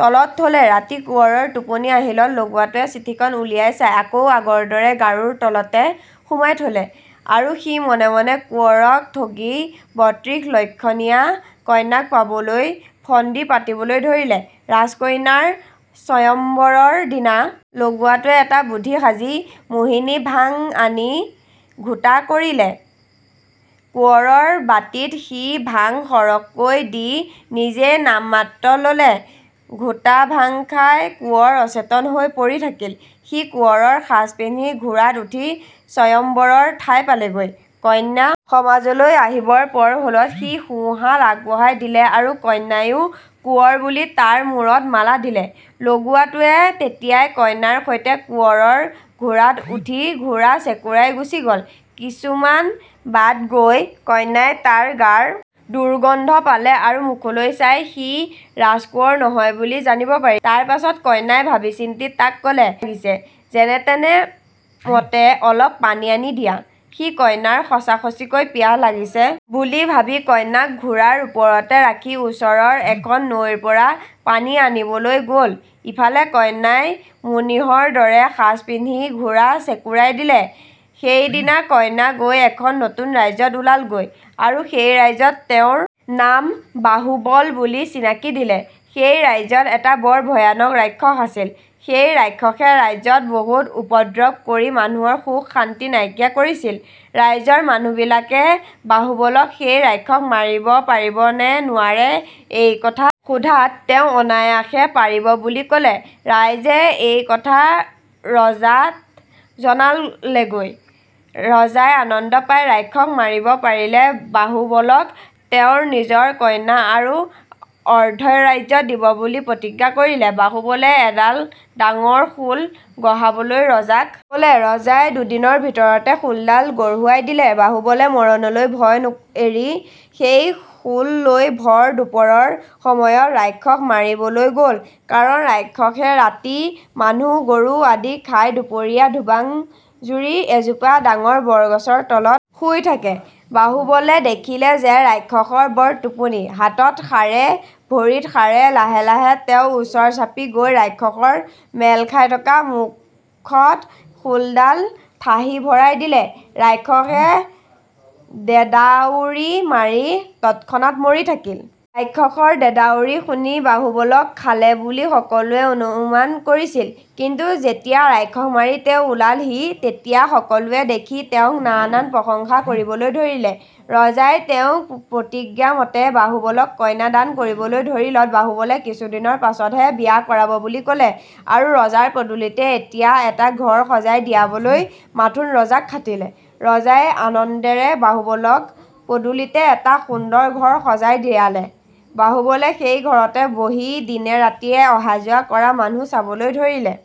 তলত থলে৷ ৰাতি কোঁৱৰৰ টোপনি আহিলত লগুৱাটোৱে চিঠিখন উলিয়াই চাই আকৌ আগৰ দৰেই গাৰুৰ তলতে সুমাই থলে; আৰু সি মনে মনে কোঁৱৰক ঠগি বত্ৰিশ লক্ষণীয়া কন্যাক পাবলৈ ফন্দি পাতিবলৈ ধৰিলে৷ ৰাজকন্যাৰ স্বয়ম্বৰৰ দিনা লগুৱাটোৱে এটা বুধি সাজি মোহিনীভাং আনি ঘোটা কৰিলে৷ কোঁৱৰৰ বাটিত সি ভাং সৰহকৈ দি নিজে নাম-মাত্ৰ ললে৷ঘোটা-ভাং খাই কোঁৱৰ অচেতন হৈ পৰি থাকিল৷ সি কোঁৱৰৰ সাজ পিন্ধি ঘোৰাত উঠি স্বয়ম্বৰৰ ঠাই পালেগৈ৷ কন্যা সমাজলৈ আহিবৰ পৰ হ'লত সি সোঁহাত আগবঢ়াই দিলে আৰু কন্যায়ো কোঁৱৰ বুলি তাৰ মূৰত মালা দিলে৷ লগুৱাটোৱে তেতিয়াই কন্যাৰ সৈতে কোঁৱৰৰ ঘোৰাত উঠি ঘোৰা চেকুৰাই গুচি গ'ল৷ কিছুমান বাট গৈ কন্যাই তাৰ গাৰ দুৰ্গন্ধ পালে আৰু মুখলৈ চাই সি ৰাজকোঁৱৰ নহয় বুলি জানিব পাৰিলে৷ তাৰ পাছত কন্যাই ভাবি চিন্তি তাক ক'লে, "মোৰ বৰ পিয়াহ লাগিছে; যেনেতেনে মতে অলপ পানী আনি দিয়াঁ৷" সি কন্যাৰ সঁচাসঁচিকৈয়ে পিয়াহ লাগিছে বুলি ভাবি, কন্যাক ঘোৰাৰ ওপৰতে ৰাখি, ওচৰৰ এখন নৈৰপৰা পানী আনিবলৈ গ'ল৷ ইফালে কন্যাই মুনিহৰ দৰে সাজ পিন্ধি ঘোৰা চেকুৰাই দিলে৷ সেই দিনা কন্যা গৈ এখন নতুন ৰাজ্যত ওলালগৈ; আৰু সেই ৰাজ্যত তেওঁৰ নাম বাহুবল বুলি চিনাকি দিলে৷ সেই ৰাজ্যত এটা বৰ ভয়ানক ৰাক্ষস আছিল৷ সেই ৰাক্ষসে ৰাজ্যত বহুত উপদ্ৰৱ কৰি মানুহৰ সুখ-শান্তি নাইকিয়া কৰিছিল; ৰাজ্যৰ মানুহবিলাকে বাহুবলক সেই ৰাক্ষস মাৰিব পাৰিব নে নোৱাৰে এই কথা সোধাত তেওঁ অনায়াসে পাৰিব বুলি ক'লে৷ ৰাইজে এই কথা ৰজাত জনালেগৈ৷ ৰজাই আনন্দ পাই ৰাক্ষস মাৰিব পাৰিলে বাহুবলক তেওঁৰ নিজৰ কন্যা আৰু অৰ্দ্ধৰাজ্য দিব বুলি প্ৰতিজ্ঞা কৰিলে৷ বাহুবলে এডাল ডাঙৰ শূল গঢ়াবলৈ ৰজাক ক'লে৷ ৰজাই দুদিনৰ ভিতৰতে শূলডাল গঢ়োৱাই দিলে৷ বাহুবলে মৰণলৈ ভয় এৰি সেই শূল লৈ ভৰ দুপৰৰ সময়ত ৰাক্ষস মাৰিবলৈ গ'ল; কাৰণ ৰাক্ষসে ৰাতি মানুহ গৰু আদি খাই দুপৰীয়া ধোবাং-জুৰি এজোপা ডাঙৰ বৰ-গছৰ তলত শুই থাকে৷ বাহুবলে দেখিলে যে ৰাক্ষসৰ বৰ টোপনি৷ হাতত সাৰে, ভৰিত সাৰে লাহে লাহে তেওঁ ওচৰ চাপি গৈ ৰাক্ষসৰ মেল খাই থকা মুখত শূলডাল ঠাহি ভৰাই দিলে৷ ৰাক্ষসে ডেডাউৰি মাৰি তৎক্ষণাৎ মৰি থাকিল৷ ৰাক্ষসৰ ডেডাউৰি শুনি বাহুবলক খালে বুলি সকলোৱে অনুমান কৰিছিল; কিন্তু যেতিয়া ৰাক্ষস মাৰি তেওঁ ওলালহি তেতিয়া সকলোৱে দেখি তেওঁক নানান প্ৰশংসা কৰিবলৈ ধৰিলে৷ ৰজাই তেওঁৰ প্ৰতিজ্ঞামতে বাহুবলক কন্যা দান কৰিবলৈ ধৰিলত, বাহুবলে কিছুদিনৰ পাছত হে বিয়া কৰাব বুলি ক'লে আৰু ৰজাৰ পদূলিতে এতিয়া এটা ঘৰ সজাই দিয়াবলৈ মাথোন ৰজাক খাটিলে৷ ৰজাই আনন্দেৰে বাহুবলক পদূলিতে এটা সুন্দৰ ঘৰ সজাই দিয়ালে৷ বাহুবলে সেই ঘৰতে বহি দিনে-ৰাতিয়ে অহা-যোৱা কৰা মানুহ চাবলৈ ধৰিলে৷।